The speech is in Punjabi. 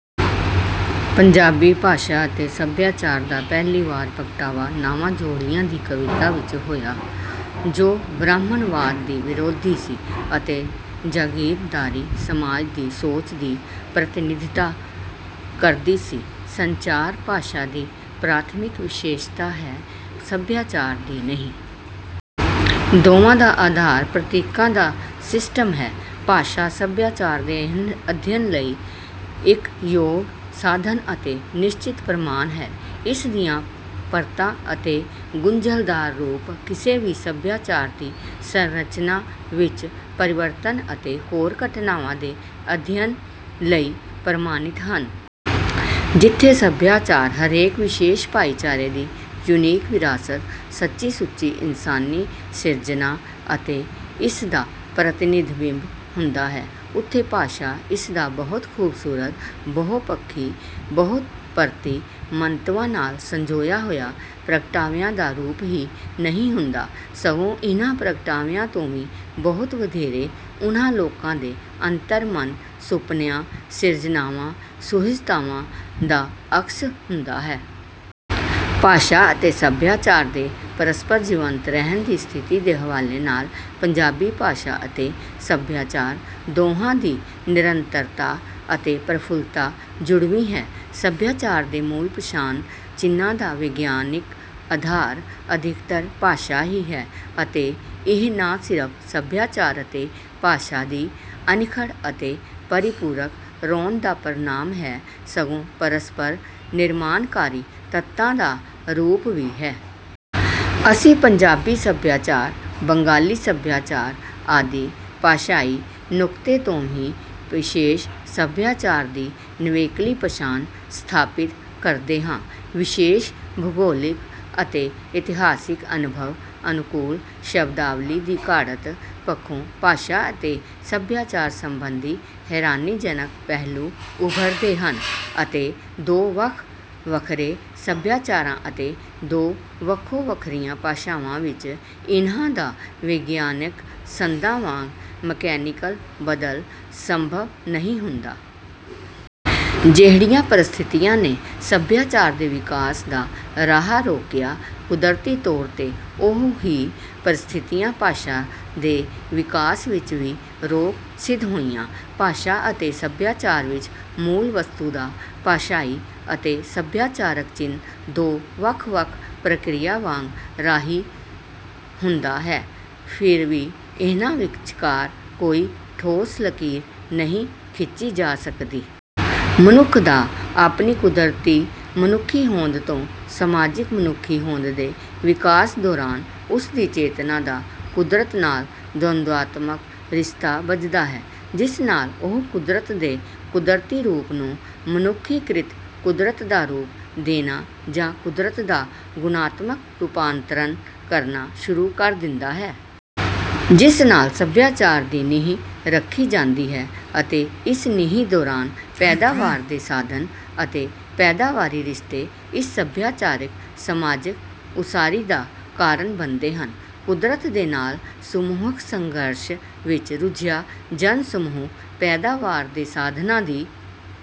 ਪੰਜਾਬੀ ਭਾਸ਼ਾ ਅਤੇ ਸਭਿਆਚਾਰ ਦਾ ਪਹਿਲੀ ਵਾਰ ਪ੍ਰਗਟਾਵਾ ਨਾਵਾਂ-ਜੋੜੀਆਂ ਦੀ ਕਵਿਤਾ ਵਿੱਚ ਹੋਇਆ, ਜੋ ਬ੍ਰਾਹਮਣਵਾਦ ਦੀ ਵਿਰੋਧੀ ਸੀ ਅਤੇ ਜਾਗੀਰਦਾਰੀ ਸਮਾਜ ਦੀ ਸੋਚ ਦੀ ਪ੍ਰਤੀਨਿਧਤਾ ਕਰਦੀ ਸੀ। ਸੰਚਾਰ ਭਾਸ਼ਾ ਦੀ ਪ੍ਰਾਥਮਿਕ ਵਿਸ਼ੇਸ਼ਤਾ ਹੈ, ਸਭਿਆਚਾਰ ਦੀ ਨਹੀਂ। ਦੋਵਾਂ ਦਾ ਆਧਾਰ ਪ੍ਰਤੀਕਾਂ ਦਾ ਸਿਸਟਮ ਹੈ। ਭਾਸ਼ਾ ਸਭਿਆਚਾਰ ਦੇ ਅਧਿਐਨ ਲਈ ਇੱਕ ਯੋਗ ਸਾਧਨ ਅਤੇ ਨਿਸ਼ਚਿਤ ਪ੍ਰਮਾਣ ਹੈ। ਇਸ ਦੀਆਂ ਪਰਤਾਂ ਅਤੇ ਗੁੰਝਲਦਾਰ ਰੂਪ ਕਿਸੇ ਵੀ ਸਭਿਆਚਾਰ ਦੀ ਸੰਰਚਨਾ ਵਿੱਚ ਪਰਿਵਰਤਨ ਅਤੇ ਹੋਰ ਘਟਨਾਵਾਂ ਦੇ ਅਧਿਐਨ ਲਈ ਪ੍ਰਮਾਣਿਕ ਹਨ। ਜਿੱਥੇ ਸਭਿਆਚਾਰ ਹਰੇਕ ਵਿਸ਼ੇਸ਼ ਭਾਈਚਾਰੇ ਦੀ ਯੂਨੀਕ ਵਿਰਾਸਤ, ਸੱਚੀ-ਸੁੱਚੀ ਇਨਸਾਨੀ ਸਿਰਜਣਾ ਅਤੇ ਇਸਦਾ ਪ੍ਰਤੀਨਿਧ ਬਿੰਬ ਹੁੰਦਾ ਹੈ, ਉੱਥੇ ਭਾਸ਼ਾ ਇਸਦਾ ਬਹੁਤ ਖੂਬਸੂਰਤ, ਬਹੁ-ਪੱਖੀ, ਬਹੁ-ਪਰਤੀ ਮੰਤਵਾਂ ਨਾਲ ਸੰਜੋਇਆ ਹੋਇਆ ਪ੍ਰਗਟਾਵਿਆਂ ਦਾ ਰੂਪ ਹੀ ਨਹੀਂ ਹੁੰਦਾ, ਸਗੋਂ ਇਹਨਾਂ ਪ੍ਰਗਟਾਵਿਆਂ ਤੋਂ ਵੀ ਬਹੁਤ ਵਧੇਰੇ ਉਹਨਾਂ ਲੋਕਾਂ ਦੇ ਅੰਤਰ-ਮਨ, ਸੁਪਨਿਆਂ, ਸਿਰਜਣਾਵਾਂ, ਸੁਹਜਤਾਵਾਂ ਦਾ ਅਕਸ ਹੁੰਦਾ ਹੈ। ਭਾਸ਼ਾ ਅਤੇ ਸਭਿਆਚਾਰ ਦੇ ਪਰਸਪਰ ਜੀਵੰਤ ਰਹਿਣ ਦੀ ਸਥਿਤੀ ਦੇ ਹਵਾਲੇ ਨਾਲ ਪੰਜਾਬੀ ਭਾਸ਼ਾ ਅਤੇ ਸਭਿਆਚਾਰ ਦੋਹਾਂ ਦੀ ਨਿਰੰਤਰਤਾ ਅਤੇ ਪ੍ਰਫੁੱਲਤਾ ਜੁੜਵੀਂ ਹੈ। ਸਭਿਆਚਾਰ ਦੇ ਮੂਲ ਪਛਾਣ-ਚਿੰਨ੍ਹਾਂ ਦਾ ਵਿਗਿਆਨਕ ਆਧਾਰ ਅਧਿਕਤਰ ਭਾਸ਼ਾ ਹੀ ਹੈ ਅਤੇ ਇਹ ਨਾ ਸਿਰਫ ਸਭਿਆਚਾਰ ਅਤੇ ਭਾਸ਼ਾ ਦੀ ਅਨਿੱਖੜ ਅਤੇ ਪਰਿਪੂਰਕ ਹੋਂਦ ਦਾ ਪ੍ਰਣਾਮ ਹੈ, ਸਗੋਂ ਪਰਸਪਰ ਨਿਰਮਾਣਕਾਰੀ ਤੱਤਾਂ ਦਾ ਰੂਪ ਵੀ ਹੈ। ਅਸੀਂ ਪੰਜਾਬੀ ਸਭਿਆਚਾਰ, ਬੰਗਾਲੀ ਸਭਿਆਚਾਰ ਆਦਿ ਭਾਸ਼ਾਈ ਨੁਕਤੇ ਤੋਂ ਹੀ ਵਿਸ਼ੇਸ਼ ਸਭਿਆਚਾਰ ਦੀ ਨਿਵੇਕਲੀ ਪਛਾਣ ਸਥਾਪਿਤ ਕਰਦੇ ਹਾਂ। ਵਿਸ਼ੇਸ਼ ਭੂਗੋਲਿਕ ਅਤੇ ਇਤਿਹਾਸਿਕ ਅਨੁਭਵ ਅਨੁਕੂਲ ਸ਼ਬਦਾਵਲੀ ਦੀ ਘਾੜਤ ਪੱਖੋਂ ਭਾਸ਼ਾ ਅਤੇ ਸਭਿਆਚਾਰ ਸੰਬੰਧੀ ਹੈਰਾਨੀਜਨਕ ਪਹਿਲੂ ਉਭਰਦੇ ਹਨ ਅਤੇ ਦੋ ਵੱਖ-ਵੱਖਰੇ ਸਭਿਆਚਾਰਾਂ ਅਤੇ ਦੋ ਵੱਖੋ-ਵੱਖਰੀਆਂ ਭਾਸ਼ਾਵਾਂ ਵਿੱਚ ਇਹਨਾਂ ਦਾ ਵਿਗਿਆਨਕ ਸੰਦਾਂ ਵਾਂਗ ਮਕੈਨੀਕਲ ਬਦਲ ਸੰਭਵ ਨਹੀਂ ਹੁੰਦਾ। ਜਿਹੜੀਆਂ ਪਰਿਸਥਿਤੀਆਂ ਨੇ ਸੱਭਿਆਚਾਰ ਦੇ ਵਿਕਾਸ ਦਾ ਰਾਹ ਰੋਕਿਆ, ਕੁਦਰਤੀ ਤੌਰ 'ਤੇ ਉਹ ਹੀ ਪਰਿਸਥਿਤੀਆਂ ਭਾਸ਼ਾ ਦੇ ਵਿਕਾਸ ਵਿੱਚ ਵੀ ਰੋਕ ਸਿੱਧ ਹੋਈਆਂ। ਭਾਸ਼ਾ ਅਤੇ ਸਭਿਆਚਾਰ ਵਿੱਚ ਮੂਲ ਵਸਤੂ ਦਾ ਭਾਸ਼ਾਈ ਅਤੇ ਸਭਿਆਚਾਰਕ ਚਿੰਨ੍ਹ ਦੋ ਵੱਖ-ਵੱਖ ਪ੍ਰਕਿਰਿਆ ਵਾਂਗ ਰਾਹੀ ਹੁੰਦਾ ਹੈ, ਫਿਰ ਵੀ ਇਹਨਾਂ ਵਿਚਕਾਰ ਕੋਈ ਠੋਸ ਲਕੀਰ ਨਹੀਂ ਖਿੱਚੀ ਜਾ ਸਕਦੀ। ਮਨੁੱਖ ਦਾ ਆਪਣੀ 'ਕੁਦਰਤੀ ਮਨੁੱਖੀ ਹੋਂਦ' ਤੋਂ 'ਸਮਾਜਿਕ ਮਨੁੱਖੀ ਹੋਂਦ' ਦੇ ਵਿਕਾਸ ਦੌਰਾਨ ਉਸ ਦੀ ਚੇਤਨਾ ਦਾ ਕੁਦਰਤ ਨਾਲ ਦਵੰਦਾਤਮਕ ਰਿਸ਼ਤਾ ਬੱਝਦਾ ਹੈ। ਜਿਸ ਨਾਲ ਉਹ ਕੁਦਰਤ ਦੇ ਕੁਦਰਤੀ ਰੂਪ ਨੂੰ ਮਨੁੱਖੀਕ੍ਰਿਤ ਕੁਦਰਤ ਦਾ ਰੂਪ ਦੇਣਾ ਜਾਂ ਕੁਦਰਤ ਦਾ ਗੁਣਾਤਮਕ ਰੂਪਾਂਤਰਣ ਕਰਨਾ ਸ਼ੁਰੂ ਕਰ ਦਿੰਦਾ ਹੈ। ਜਿਸ ਨਾਲ ਸਭਿਆਚਾਰ ਦੀ ਨੀਂਹ ਰੱਖੀ ਜਾਂਦੀ ਹੈ ਅਤੇ ਇਸ ਨੀਂਹ ਦੌਰਾਨ ਪੈਦਾਵਾਰ ਦੇ ਸਾਧਨ ਅਤੇ ਪੈਦਾਵਾਰੀ ਰਿਸ਼ਤੇ ਇਸ ਸਭਿਆਚਾਰਕ-ਸਮਾਜਕ ਉਸਾਰੀ ਦਾ ਕਾਰਨ ਬਣਦੇ ਹਨ। ਕੁਦਰਤ ਦੇ ਨਾਲ ਸਮੂਹਕ ਸੰਘਰਸ਼ ਵਿੱਚ ਰੁੱਝਿਆ ਜਨ-ਸਮੂਹ ਪੈਦਾਵਾਰ ਦੇ ਸਾਧਨਾਂ ਦੀ